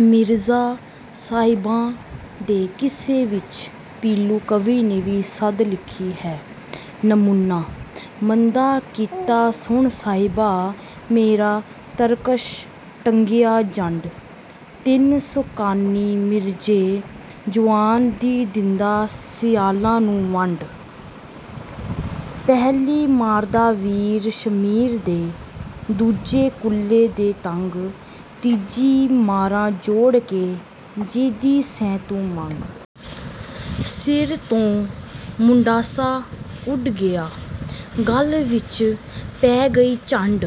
ਮਿਰਜ਼ਾ ਸਾਹਿਬਾਂ ਦੇ ਕਿੱਸੇ ਵਿੱਚ ਪੀਲੂ ਕਵੀ ਨੇ ਵੀ ਸੱਦ ਲਿਖੀ ਹੈ। ਨਮੂਨਾ: ਮੰਦਾ ਕੀਤਾ ਸੁਣ ਸਾਹਿਬਾਂ ਮੇਰਾ ਤਰਕਸ਼ ਟੰਗਿਆ ਜੰਡ। ਤਿੰਨ ਸੌ ਕਾਨੀ ਮਿਰਜ਼ੇ ਜੁਆਨ ਦੀ ਦਿੰਦਾ ਸਿਆਲਾਂ ਨੂੰ ਵੰਡ। ਪਹਿਲੀ ਮਾਰਦਾ ਵੀਰ ਸ਼ਮੀਰ ਦੇ, ਦੂਜੀ ਕੁੱਲੇ ਦੇ ਤੰਗ, ਤੀਜੀ ਮਾਰਾਂ ਜੋੜ ਕੇ ਜਿਹਦੀ ਸੈਂ ਤੂੰ ਮੰਗ। ਸਿਰ ਤੋਂ ਮੁੰਡਾਸਾ ਉੱਡ ਗਿਆ, ਗਲ ਵਿੱਚ ਪੈ ਗਈ ਝੰਡ,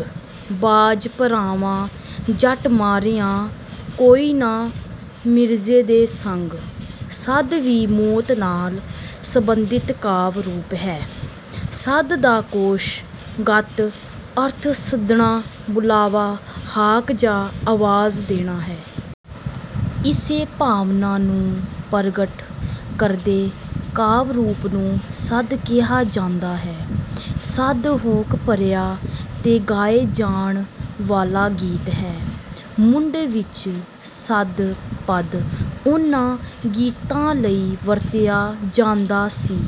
ਬਾਝ ਭਰਾਵਾਂ ਜੱਟ ਮਾਰਿਆ ਕੋਈ ਨਾ ਮਿਰਜ਼ੇ ਦੇ ਸੰਗ। ਸੱਦ ਵੀ ਮੌਤ ਨਾਲ਼ ਸੰਬੰਧਿਤ ਕਾਵਿ ਰੂਪ ਹੈ। ਸੱਦ ਦਾ ਕੋਸ਼ ਗਤ ਅਰਥ ਸੱਦਣਾ ਬੁਲਾਵਾ ਹਾਕ ਜਾਂ ਆਵਾਜ਼ ਦੇਣਾ ਹੈ। ਇਸੇ ਭਾਵਨਾ ਨੂੰ ਪ੍ਰਗਟ ਕਰਦੇ ਕਾਵਿ ਰੂਪ ਨੂੰ ਸੱਦ ਕਿਹਾ ਜਾਂਦਾ ਹੈ। ਸੱਦ ਹੂਕ ਭਰਿਆ ਤੇ ਗਾਏ ਜਾਣ ਵਾਲ਼ਾ ਗੀਤ ਹੈ। ਮੁੱਢ ਵਿੱਚ ਸੱਦ ਪਦ ਉਨ੍ਹਾਂ ਗੀਤਾਂ ਲਈ ਵਰਤਿਆ ਜਾਂਦਾ ਸੀ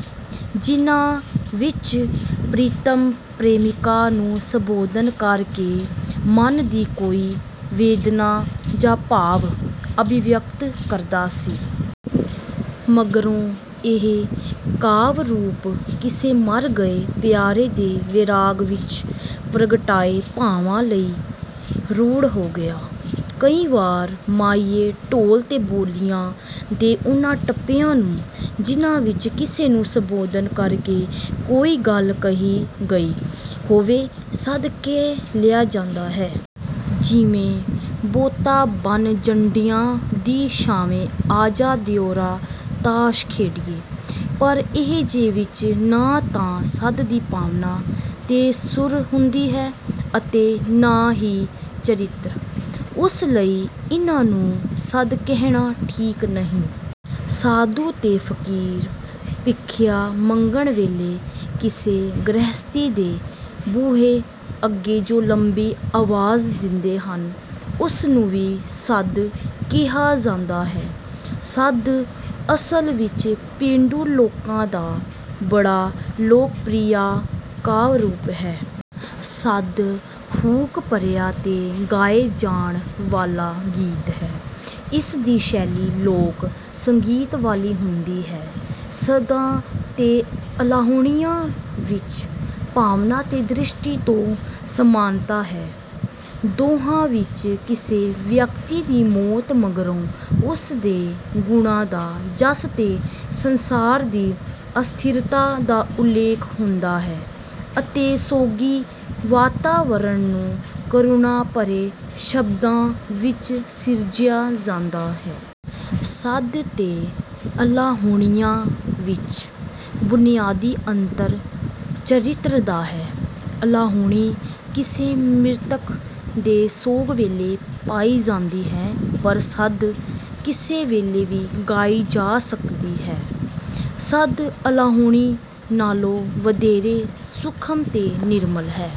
ਜਿਨ੍ਹਾਂ ਵਿੱਚ ਪ੍ਰੀਤਮ ਪ੍ਰੇਮਿਕਾ ਨੂੰ ਸੰਬੋਧਨ ਕਰ ਕੇ ਮਨ ਦੀ ਕੋਈ ਵੇਦਨਾ ਜਾਂ ਭਾਵ ਅਭਿਵਿਅਕਤ ਕਰਦਾ ਸੀ। ਮਗਰੋਂ ਇਹ ਕਾਵਿ ਰੂਪ ਕਿਸੇ ਮਰ ਗਏ ਪਿਆਰੇ ਦੇ ਵੈਰਾਗ ਵਿੱਚ ਪ੍ਰਗਟਾਏ ਭਾਵਾਂ ਲਈ ਰੂੜ੍ਹ ਹੋ ਗਿਆ। ਕਈ ਵਾਰ ਮਾਹੀਏ ਢੋਲੇ ਤੇ ਬੋਲੀਆਂ ਦੇ ਉਨ੍ਹਾਂ ਟੱਪਿਆਂ ਨੂੰ ਜਿਨ੍ਹਾਂ ਵਿੱਚ ਕਿਸੇ ਨੂੰ ਸੰਬੋਧਨ ਕਰ ਕੇ ਕੋਈ ਗੱਲ ਕਹੀ ਗਈ ਹੋਵੇ ਸੱਦ ਕਹਿ ਲਿਆ ਜਾਂਦਾ ਹੈ। ਜਿਵੇਂ: ਬੋਤਾ ਬੰਨ੍ਹ ਜੰਡੀਆਂ ਦੀ ਛਾਵੇਂ ਆ ਜਾ ਦਿਉਰਾ ਤਾਸ਼ ਖੇਡੀਏ। ਪਰ ਅਜਿਹੇ ਵਿੱਚ ਨਾਂ ਤਾਂ ਸੱਦ ਦੀ ਭਾਵਨਾ ਤੇ ਸੁਰ ਹੁੰਦੀ ਹੈ ਅਤੇ ਨਾ ਹੀ ਚਰਿੱਤਰ। ਉਸ ਲਈ ਇਨ੍ਹਾਂ ਨੂੰ ਸੱਦ ਕਹਿਣਾ ਠੀਕ ਨਹੀਂ। ਸਾਧੂ ਤੇ ਫ਼ਕੀਰ ਭਿੱਖਿਆ ਮੰਗਣ ਵੇਲ਼ੇ ਕਿਸੇ ਗ੍ਰਹਿਸਤੀ ਦੇ ਬੂਹੇ ਅੱਗੇ ਜੋ ਲੰਬੀ ਆਵਾਜ਼ ਦਿੰਦੇ ਹਨ ਉਸ ਨੂੰ ਵੀ ਸੱਦ ਕਿਹਾ ਜਾਂਦਾ ਹੈ। ਸੱਦ ਅਸਲ ਵਿੱਚ ਪੇਂਡੂ ਲੋਕਾਂ ਦਾ ਬੜਾ ਲੋਕਪ੍ਰਿਆ ਕਾਵਿ ਰੂਪ ਹੈ। ਸੱਦ ਹੂਕ ਭਰਿਆ ਤੇ ਗਾਏ ਜਾਣ ਵਾਲ਼ਾ ਗੀਤ ਹੈ। ਇਸ ਦੀ ਸ਼ੈਲੀ ਲੋਕ ਸੰਗੀਤ ਵਾਲ਼ੀ ਹੁੰਦੀ ਹੈ। ਸੱਦਾਂ ਤੇ ਅਲਾਹੁਣੀਆਂ ਵਿੱਚ ਭਾਵਨਾ ਤੇ ਦ੍ਰਿਸ਼ਟੀ ਤੋਂ ਸਮਾਨਤਾ ਹੈ। ਦੋਹਾਂ ਵਿੱਚ ਕਿਸੇ ਵਿਅਕਤੀ ਦੀ ਮੌਤ ਮਗਰੋਂ ਉਸ ਦੇ ਗੁਣਾਂ ਦਾ ਜੱਸ ਤੇ ਸੰਸਾਰ ਦੀ ਅਸਥਿਰਤਾ ਦਾ ਉੱਲੇਖ ਹੁੰਦਾ ਹੈ ਅਤੇ ਸੋਗੀ ਵਾਤਾਵਰਨ ਨੂੰ ਕਰੁਣਾ ਭਰੇ ਸ਼ਬਦਾਂ ਵਿੱਚ ਸਿਰਜਿਆ ਜਾਂਦਾ ਹੈ। ਸੱਦ ਤੇ ਅਲਾਹੁਣੀਆਂ ਵਿੱਚ ਬੁਨਿਆਦੀ ਅੰਤਰ ਚਰਿੱਤਰ ਦਾ ਹੈ। ਅਲਾਹੁਣੀ ਕਿਸੇ ਮ੍ਰਿਤਕ ਦੇ ਸੋਗ ਵੇਲ਼ੇ ਪਾਈ ਜਾਂਦੀ ਹੈ ਪਰ ਸੱਦ ਕਿਸੇ ਵੇਲ਼ੇ ਵੀ ਗਾਈ ਜਾ ਸਕਦੀ ਹੈ। ਸੱਦ ਅਲਾਹੁਣੀ ਨਾਲ਼ੋਂ ਵਧੇਰੇ ਸੂਖਮ ਤੇ ਨਿਰਮਲ ਹੈ।